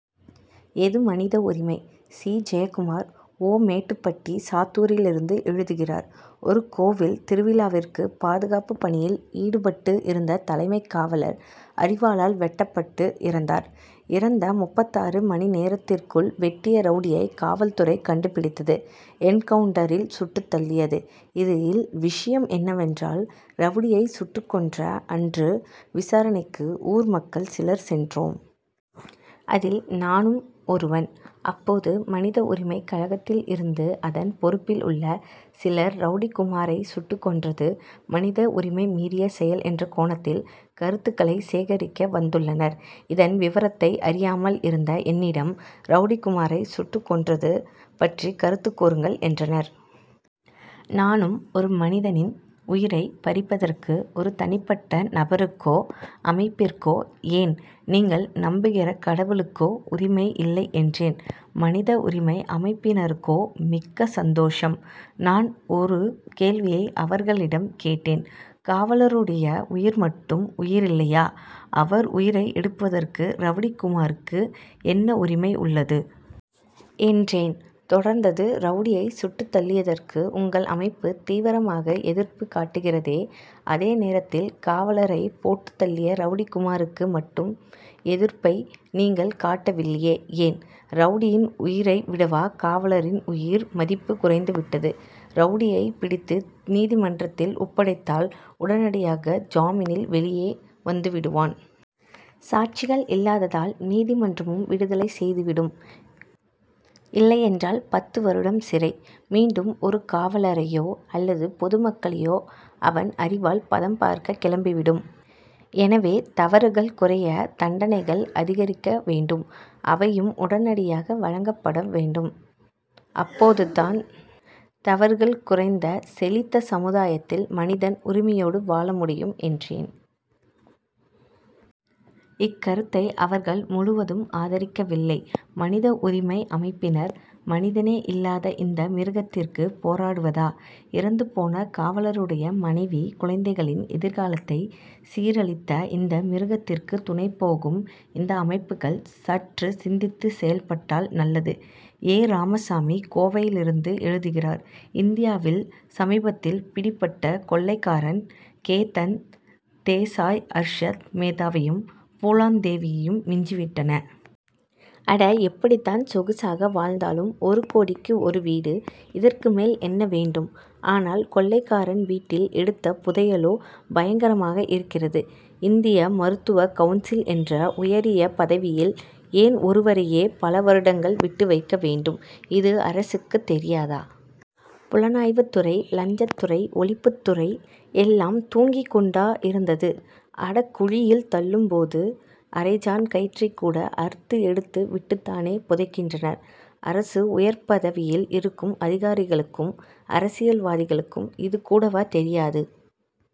எது மனித உரிமை? சி. ஜெயக்குமார் ஓ. மேட்டுப்பட்டி சாத்தூரிலிருந்து எழுதுகிறார் ஊர் கோவில் திருவிழாவிற்கு பாதுகாப்பு பணியில் ஈடுபட்டு இருந்த தலைமை காவலர் அரிவாளால் வெட்டப்பட்டு இறந்தார். இறந்த முப்பத்தாறு மணி நேரத்திற்குள் வெட்டிய ரவுடியை காவல்துறை கண்டுபிடித்து என்கவுன்டரில் சுட்டுத் தள்ளியது. இதில் விஷயம் என்னவென்றால் ரவுடியை சுட்டுக் கொன்ற அன்று விசாரணைக்கு ஊர் மக்கள் சிலர் சென்றோம். அதில் நானும் ஒருவன். அப்போது மனித உரிமை கழகத்தில் இருந்து அதன் பொறுப்பில் உள்ள சிலர் ரவுடி குமாரை சுட்டுக் கொன்றது மனித உரிமை மீறிய செயல் என்ற கோணத்தில் கருத்துக்களை சேகரிக்க வந்துள்ளனர். இதன் விவரத்தை அறியாமல் இருந்த என்னிடம் ரவுடி குமாரை சுட்டுக் கொன்றது பற்றி கருத்து கூறுங்கள் என்றனர். நானும் ஒரு மனிதனின் உயிரை பறிப்பதற்கு ஒரு தனிப்பட்ட நபருக்கோ அமைப்பிற்கோ ஏன் நீங்கள் நம்புகிற கடவுளுக்கோ உரிமை இல்லை என்றேன். மனித உரிமை அமைப்பினருக்கோ மிக்க சந்தோஷம். நான் ஒரு கேள்வியை அவர்களிடம் கேட்டேன். காவலருடைய உயிர் மட்டும் உயிரில்லையா அவர் உயிரை எடுப்பதற்கு ரவுடி குமாருக்கு என்ன உரிமை உள்ளது? என்றேன். தொடர்ந்து ரவுடியை சுட்டுத் தள்ளியதற்கு உங்கள் அமைப்பு தீவிரமாக எதிர்ப்பு காட்டுகிறதே அதே நேரத்தில் காவலரை போட்டுத் தள்ளிய ரவுடி குமாருக்கு மட்டும் எதிர்ப்பை நீங்கள் காட்டவில்லையே ஏன்? ரவுடியின் உயிரை விடவா காவலரின் உயிர் மதிப்பு குறைந்து விட்டது. ரவுடியை பிடித்து நீதிமன்றத்தில் ஒப்படைத்தால் உடனடியாக ஜாமீனில் வெளியே வந்துவிடுவான். சாட்சிகள் இல்லாததால் நீதிமன்றமும் விடுதலை செய்துவிடும் இல்லை என்றால் பத்து வருடம் சிறை. மீண்டும் ஒரு காவலரையோ அல்லது பொதுமக்களையோ அவன் அரிவாள் பதம் பார்க்க கிளம்பிவிடும். எனவே தவறுகள் குறைய தண்டனைகள் அதிகரிக்க வேண்டும் அவையும் உடனடியாக வழங்கப்பட வேண்டும். அப்போதுதான் தவறுகள் குறைந்த செழித்த சமுதாயத்தில் மனிதன் உரிமையோடு வாழ முடியும் என்றேன். இக்கருத்தை அவர்கள் முழுவதும் ஆதரிக்கவில்லை. மனித உரிமை அமைப்பினர் மனிதனே இல்லாத இந்த மிருகத்திற்கு போராடுவதா? இறந்துபோன காவலருடைய மனைவி குழந்தைகளின் எதிர்காலத்தை சீரழித்த இந்த மிருகத்திற்கு துணை போகும் இந்த அமைப்புகள் சற்று சிந்தித்து செயல்பட்டால் நல்லது. எ. ராமசாமி கோவையிலிருந்து எழுதுகிறார் இந்தியாவில் சமீபத்தில் பிடிபட்ட கொள்ளைக்காரன் கேதன் தேசாய் அர்ஷத் மேத்தாவையும் பூலான் தேவியையும் மிஞ்சிவிட்டான். அட எப்படித்தான் சொகுசாக வாழ்ந்தாலும் ஒரு கோடிக்கு ஒரு வீடு. இதற்கு மேல் என்ன வேண்டும்? ஆனால் கொள்ளைக்காரன் வீட்டில் எடுத்த புதையலோ பயங்கரமாக இருக்கிறது. இந்திய மருத்துவ கவுன்சில் என்ற உயரிய பதவியில் ஏன் ஒருவரையே பல வருடங்கள் விட்டு வைக்க வேண்டும். இது அரசுக்கு தெரியாதா? புலனாய்வு துறை லஞ்ச ஒழிப்பு துறை எல்லாம் தூங்கி கொண்டா இருந்தது? அடகுழியில் தள்ளும் போது அரைஞாண் கயிற்றை கூட அறுத்து எடுத்து விட்டுத்தானே புதைக்கின்றனர். அரசு உயர் பதவியில் இருக்கும் அதிகாரிகளுக்கும் அரசியல்வாதிகளுக்கும் இது கூடவா தெரியாது.